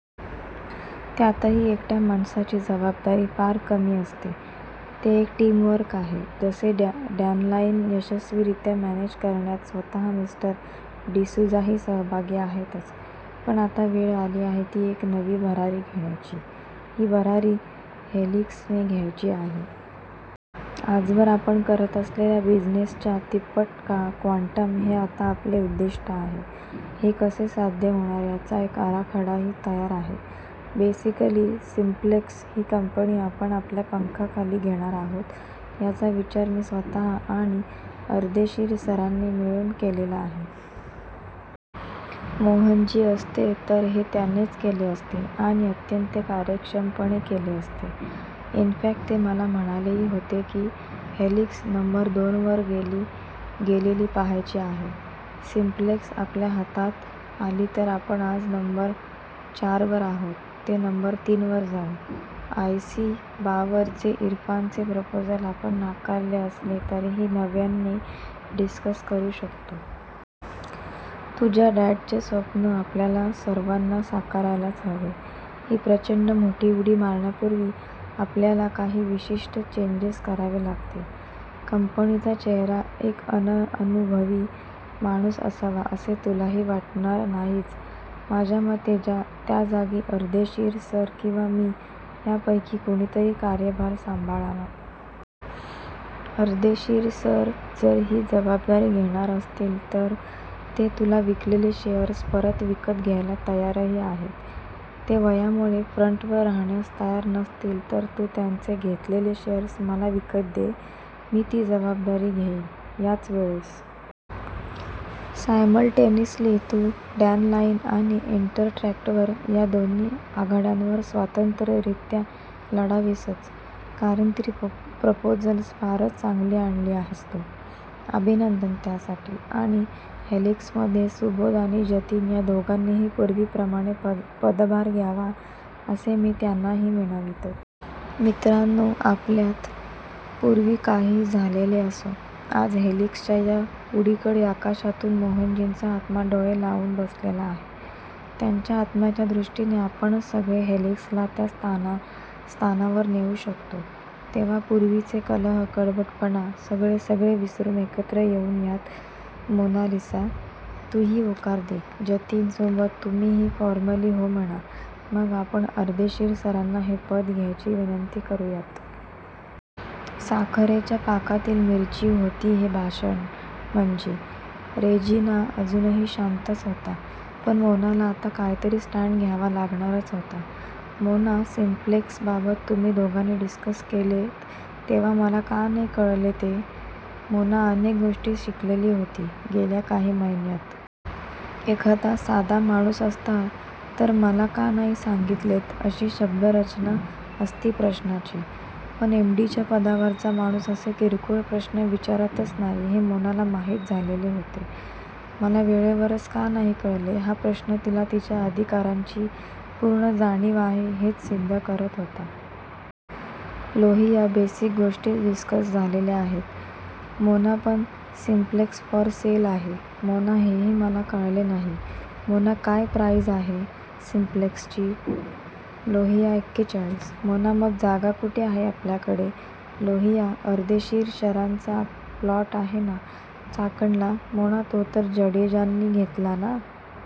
त्यातही एकट्या माणसाची जबाबदारी फार कमी असते. ते एक टीमवर्क आहे. जसे डॅनलाईन यशस्वीरीत्या मॅनेज करण्यात स्वतः मिस्टर डिसूझाही सहभागी आहेतच. पण आता वेळ आली आहे ती एक नवी भरारी घेण्याची, ही भरारी हेलिक्सने घ्यायची आहे. आजवर आपण करत असलेल्या बिझिनेसच्या तिप्पट क्वान्टम हे आता आपले उद्दिष्ट आहे. हे कसे साध्य होणार याचा एक आराखडाही तयार आहे. बेसिकली सिम्प्लेक्स ही कंपनी आपण आपल्या पंखाखाली घेणार आहोत. याचा विचार मी स्वतः आणि अर्देशीर सरांनी मिळून केलेला आहे. मोहनजी असते तर हे त्यांनीच केले असते. आणि अत्यंत कार्यक्षमपणे केले असते. इन फॅक्ट ते मला म्हणालेही होते की हेलिक्स नंबर दोन वर गेलेली पाहायची आहे. सिम्प्लेक्स आपल्या हातात आली तर आपण आज नंबर चारवर आहोत ते नंबर तीनवर जाऊ 'आय सी बावर' चे इरफानचे प्रपोजल आपण नाकारले असले तरीही नव्याने डिस्कस करू शकतो. तुझ्या डॅडचे स्वप्न आपल्याला सर्वांना साकारायलाच हवे आहे. ही प्रचंड मोठी उडी मारण्यापुर्वी, आपल्याला काही विशिष्ट चेंजेस करावे लागतील. कंपनीचा चेहरा एक अननुभवी माणूस असावा असे तुलाही वाटणार नाहीच. माझ्यामते त्या जागी अर्देशीर सर किंवा मी यापैकी कुणीतरी कार्यभार सांभाळावा. अर्देशीर सर जर ही जबाबदारी घेणार असतील तर ते तुला विकलेले शेअर्स परत विकत घ्यायला तयारही आहेत. ते वयामुळे फ्रन्टवर राहण्यास तयार नसतील तर तू त्यांचे घेतलेले शेअर्स मला विकत दे, मी ती जबाबदारी घेईन. याचवेळेस सायमल्टेनियसली तू डॅनलाईन आणि इन्टर ट्रॅक्टर या दोन्ही आघाड्यांवर स्वतंत्ररीत्या लढावेसच. कारण ती प्रपोजल्स फारच चांगली आणली आहेस तू, अभिनंदन त्यासाठी.. आणि हेलिक्समध्ये सुबोध आणि जतीन या दोघांनीही पुर्वीप्रमाणे पदभार घ्यावा असे मी त्यांनाही विनवतो. मित्रांनो, आपल्यात पुर्वी काहीही झालेले असो, आज हेलिक्सच्या या उडीकडे आकाशातून मोहनजींचा आत्मा डोळे लावून बसलेला आहे. त्यांच्या आत्म्याच्या दृष्टीने आपणच सगळे हेलिक्सला त्या स्थानावर नेऊ शकतो. तेव्हा पुर्वीचे कलह, कडवटपणा, सगळे सगळे विसरून एकत्र येऊ यात मोनालिसा, तूही होकार दे, जतीन सुबोध, तुम्हीही फॉर्मली हो म्हणा, मग आपण अर्देशीर सरांना हे पद घ्यायची विनंती करूयात. साखरेच्या पाकातील मिरची होती हे भाषण म्हणजे! रेजिना अजूनही शांतच होता. पण मोनाला आता काहीतरी स्टॅन्ड घ्यावा लागणारच होता. मोना सिम्प्लेक्सबाबत तुम्ही दोघांनी डिस्कस केलेत तेव्हा मला का नाही कळले ते? मोना अनेक गोष्टी शिकलेली होती गेल्या काही महिन्यात! एखादा साधा माणूस असता तर 'मला का नाही सागितलेत' अशी शब्दरचना असती प्रश्नाची! पण एम डी च्या पदावरचा माणूस असे किरकोळ प्रश्न विचारतच नाही हे मोनाला माहीत झालेले होते. 'मला वेळेवरच का नाही कळले' हा प्रश्न तिला तिच्या अधिकारांची पूर्ण जाणीव आहे हेच सिद्ध करत होता. लोहिया बेसिक गोष्टीच डिस्कस झालेल्या आहेत. मोना पण सिम्प्लेक्स फॉर सेल आहे? मोना हेही मला कळले नाही. मोना काय प्राईस आहे? सिम्प्लेक्सची? लोहिया एक्केचाळीस. मोना मग जागा कुठे आहे आपल्याकडे? लोहिया अर्देशीरांचा प्लॉट आहे ना? चाकणला, मोना तो तर जडेजांनी घेतला ना?